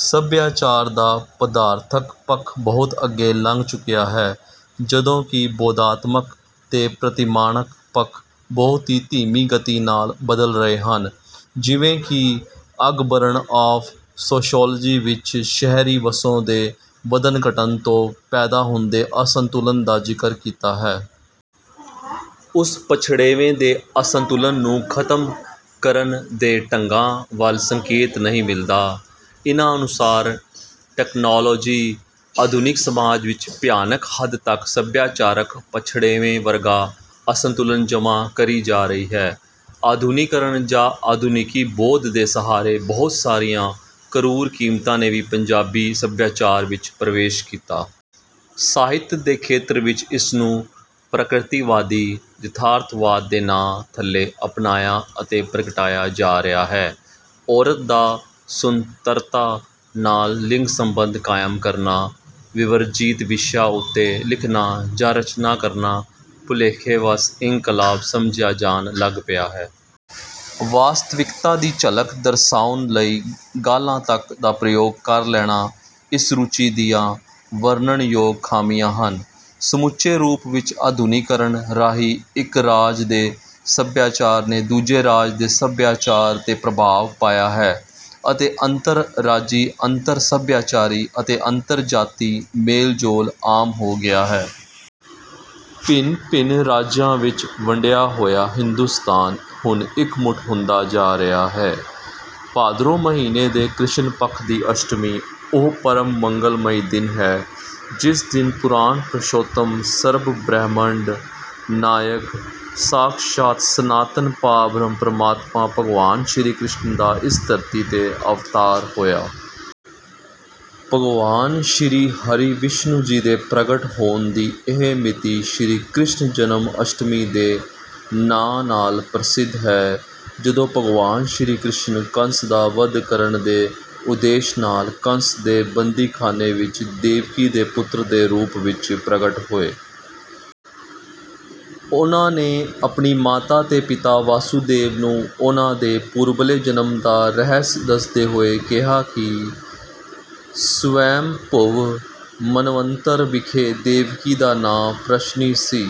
ਸਭਿਆਚਾਰ ਦਾ ਪਦਾਰਥਕ ਪੱਖ ਬਹੁਤ ਅੱਗੇ ਲੰਘ ਚੁੱਕਿਆ ਹੈ। ਜਦੋਂ ਕਿ ਬੋਧਾਤਮਕ ਤੇ ਪ੍ਰਤਿਮਾਨਕ ਪੱਖ ਬਹੁਤ ਹੀ ਧੀਮੀ ਗਤੀ ਨਾਲ ਬਦਲ ਰਹੇ ਹਨ। ਜਿਵੇਂ ਕਿ ਆਗਬਰਨ ਆਫ ਸੋਸ਼ਿਅਲੋਜੀ ਵਿੱਚ ਸ਼ਹਿਰੀ ਵਸੋਂ ਦੇ ਵੱਧਣ-ਘੱਟਣ ਤੋਂ ਪੈਦਾ ਹੁੰਦੇ ਅਸੰਤੁਲਨ ਦਾ ਜ਼ਿਕਰ ਕੀਤਾ ਹੈ। ਉਸ ਪਛੜੇਵੇਂ ਦੇ ਅਸੰਤੁਲਨ ਨੂੰ ਖਤਮ ਕਰਨ ਦੇ ਢੰਗਾਂ ਵੱਲ ਸੰਕੇਤ ਨਹੀਂ ਮਿਲਦਾ। ਇਨ੍ਹਾਂ ਅਨੁਸਾਰ ਟਕਨਾਲੋਜੀ ਆਧੁਨਿਕ ਸਮਾਜ ਵਿੱਚ ਭਿਆਨਕ ਹੱਦ ਤੱਕ ਸਭਿਆਚਾਰਕ ਪਛੜੇਵੇਂ ਵਰਗਾ ਅਸੰਤੁਲਨ ਜਮ੍ਹਾਂ ਕਰੀ ਜਾ ਰਹੀ ਹੈ। ਆਧੁਨਿਕੀਕਰਨ ਜਾਂ ਆਧੁਨਿਕੀ ਬੋਧ ਦੇ ਸਹਾਰੇ ਬਹੁਤ ਸਾਰੀਆਂ ਕਰੂਰ ਕੀਮਤਾਂ ਨੇ ਵੀ ਪੰਜਾਬੀ ਸਭਿਆਚਾਰ ਵਿੱਚ ਪ੍ਰਵੇਸ਼ ਕੀਤਾ। ਸਾਹਿਤ ਦੇ ਖੇਤਰ ਵਿੱਚ ਇਸਨੂੰ ਪ੍ਰਕਿਰਤੀਵਾਦੀ ਯਥਾਰਥਵਾਦ ਦੇ ਨਾਂ ਥੱਲੇ ਅਪਣਾਇਆ ਅਤੇ ਪ੍ਰਗਟਾਇਆ ਜਾ ਰਿਹਾ ਹੈ। ਔਰਤ ਦਾ ਸੁਤੰਤਰਤਾ ਨਾਲ ਲਿੰਗ ਸੰਬੰਧ ਕਾਇਮ ਕਰਨਾ। ਵਿਵਰਜੀਤ ਵਿਸ਼ਿਆ ਉੱਤੇ ਲਿਖਣਾ ਜਾਂ ਚਰਚਾ ਕਰਨਾ ਭੁਲੇਖੇ ਵਸ ਇਨਕਲਾਬ ਸਮਝਿਆ ਜਾਣ ਲੱਗ ਪਿਆ ਹੈ। ਵਾਸਤਵਿਕਤਾ ਦੀ ਝਲਕ ਦਰਸਾਉਣ ਲਈ ਗਾਲਾਂ ਤੱਕ ਦਾ ਪ੍ਰਯੋਗ ਕਰ ਲੈਣਾ ਇਸ ਰੁਚੀ ਦੀਆਂ ਵਰਣਨ ਯੋਗ ਖਾਮੀਆਂ ਹਨ। ਸਮੁੱਚੇ ਰੂਪ ਵਿੱਚ ਆਧੁਨਿਕੀਕਰਨ ਰਾਹੀਂ ਇੱਕ ਰਾਜ ਦੇ ਸਭਿਆਚਾਰ ਨੇ ਦੂਜੇ ਰਾਜ ਦੇ ਸਭਿਆਚਾਰ ਤੇ ਪ੍ਰਭਾਵ ਪਾਇਆ ਹੈ ਅਤੇ ਅੰਤਰ-ਰਾਜੀ ਅੰਤਰ-ਸਭਿਆਚਾਰੀ ਅਤੇ ਅੰਤਰ-ਜਾਤੀ ਮੇਲ-ਜੋਲ ਆਮ ਹੋ ਗਿਆ ਹੈ। ਭਿੰਨ-ਭਿੰਨ ਰਾਜਾਂ ਵਿੱਚ ਵੰਡਿਆ ਹੋਇਆ ਹਿੰਦੁਸਤਾਨ ਹੁਣ ਇੱਕਮੁੱਠ ਹੁੰਦਾ ਜਾ ਰਿਹਾ ਹੈ। ਭਾਦਰੋਂ ਮਹੀਨੇ ਦੇ ਕ੍ਰਿਸ਼ਨ ਪੱਖ ਦੀ ਅਸ਼ਟਮੀ ਉਹ ਪਰਮ ਮੰਗਲਮਈ ਦਿਨ ਹੈ। ਜਿਸ ਦਿਨ ਪੁਰਾਣ ਪ੍ਰਸ਼ੋਤਮ ਸਰਬ ਬ੍ਰਹਿਮੰਡ ਨਾਇਕ ਸਾਖਸ਼ਾਤ ਸਨਾਤਨ ਪਾਰਬ੍ਰਹਮ ਪ੍ਰਮਾਤਮਾ ਭਗਵਾਨ ਸ਼੍ਰੀ ਕ੍ਰਿਸ਼ਨ ਦਾ ਇਸ ਧਰਤੀ ਤੇ ਅਵਤਾਰ ਹੋਇਆ। ਭਗਵਾਨ ਸ਼੍ਰੀ ਹਰੀ ਵਿਸ਼ਨੂੰ ਜੀ ਦੇ ਪ੍ਰਗਟ ਹੋਣ ਦੀ ਇਹ ਮਿਤੀ ਸ਼੍ਰੀ ਕ੍ਰਿਸ਼ਨ ਜਨਮ ਅਸ਼ਟਮੀ ਦੇ ਨਾਂ ਨਾਲ ਪ੍ਰਸਿੱਧ ਹੈ। ਜਦੋਂ ਭਗਵਾਨ ਸ਼੍ਰੀ ਕ੍ਰਿਸ਼ਨ ਕੰਸ ਦਾ ਵਧ ਕਰਨ ਦੇ ਉਦੇਸ਼ ਨਾਲ ਕੰਸ ਦੇ ਬੰਦੀਖਾਨੇ ਵਿੱਚ ਦੇਵਕੀ ਦੇ ਪੁੱਤਰ ਦੇ ਰੂਪ ਵਿੱਚ ਪ੍ਰਗਟ ਹੋਏ। ਉਨ੍ਹਾਂ ਨੇ ਆਪਣੀ ਮਾਤਾ ਤੇ ਪਿਤਾ ਵਾਸੁਦੇਵ ਨੂੰ ਉਨ੍ਹਾਂ ਦੇ ਪੂਰਬਲੇ ਜਨਮ ਦਾ ਰਹੱਸ ਦੱਸਦੇ ਹੋਏ ਕਿਹਾ ਕਿ ਸਵੈਮਭੁਵ ਮਨਵੰਤਰ ਵਿਖੇ ਦੇਵਕੀ ਦਾ ਨਾਂ ਪ੍ਰਸ਼ਨੀ ਸੀ।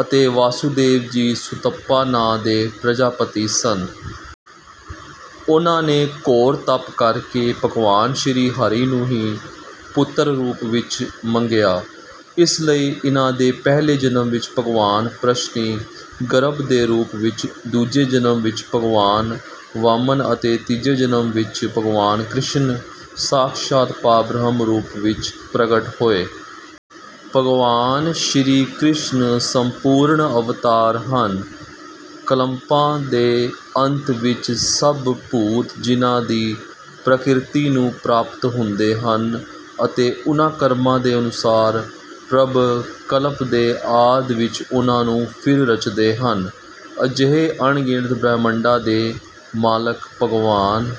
ਅਤੇ ਵਾਸੁਦੇਵ ਜੀ ਸੁਤਪਾ ਨਾਂ ਦੇ ਪ੍ਰਜਾਪਤੀ ਸਨ। ਉਨ੍ਹਾਂ ਨੇ ਘੋਰ ਤਪ ਕਰਕੇ ਭਗਵਾਨ ਸ਼੍ਰੀ ਹਰੀ ਨੂੰ ਹੀ ਪੁੱਤਰ ਰੂਪ ਵਿੱਚ ਮੰਗਿਆ। ਇਸ ਲਈ ਇਨ੍ਹਾਂ ਦੇ ਪਹਿਲੇ ਜਨਮ ਵਿੱਚ ਭਗਵਾਨ ਪ੍ਰਸ਼ਨੀ ਗਰਭ ਦੇ ਰੂਪ ਵਿੱਚ ਦੂਜੇ ਜਨਮ ਵਿੱਚ ਭਗਵਾਨ ਵਾਮਨ ਅਤੇ ਤੀਜੇ ਜਨਮ ਵਿੱਚ ਭਗਵਾਨ ਕ੍ਰਿਸ਼ਨ ਸਾਖਸ਼ਾਤ ਪਾਰਬ੍ਰਹਮ ਰੂਪ ਵਿੱਚ ਪ੍ਰਗਟ ਹੋਏ। ਭਗਵਾਨ ਸ਼੍ਰੀ ਕ੍ਰਿਸ਼ਨ ਸੰਪੂਰਨ ਅਵਤਾਰ ਹਨ। ਕਲਪਾਂ ਦੇ ਅੰਤ ਵਿੱਚ ਸਭ ਭੂਤ ਜਿਨ੍ਹਾਂ ਦੀ ਪ੍ਰਕਿਰਤੀ ਨੂੰ ਪ੍ਰਾਪਤ ਹੁੰਦੇ ਹਨ। ਅਤੇ ਉਨ੍ਹਾਂ ਕਰਮਾਂ ਦੇ ਅਨੁਸਾਰ ਪ੍ਰਭੂ ਕਲਪ ਦੇ ਆਦਿ ਵਿੱਚ ਉਨ੍ਹਾਂ ਨੂੰ ਫਿਰ ਰਚਦੇ ਹਨ। ਅਜਿਹੇ ਅਣਗਿਣਤ ਬ੍ਰਹਿਮੰਡਾਂ ਦੇ ਮਾਲਕ ਭਗਵਾਨ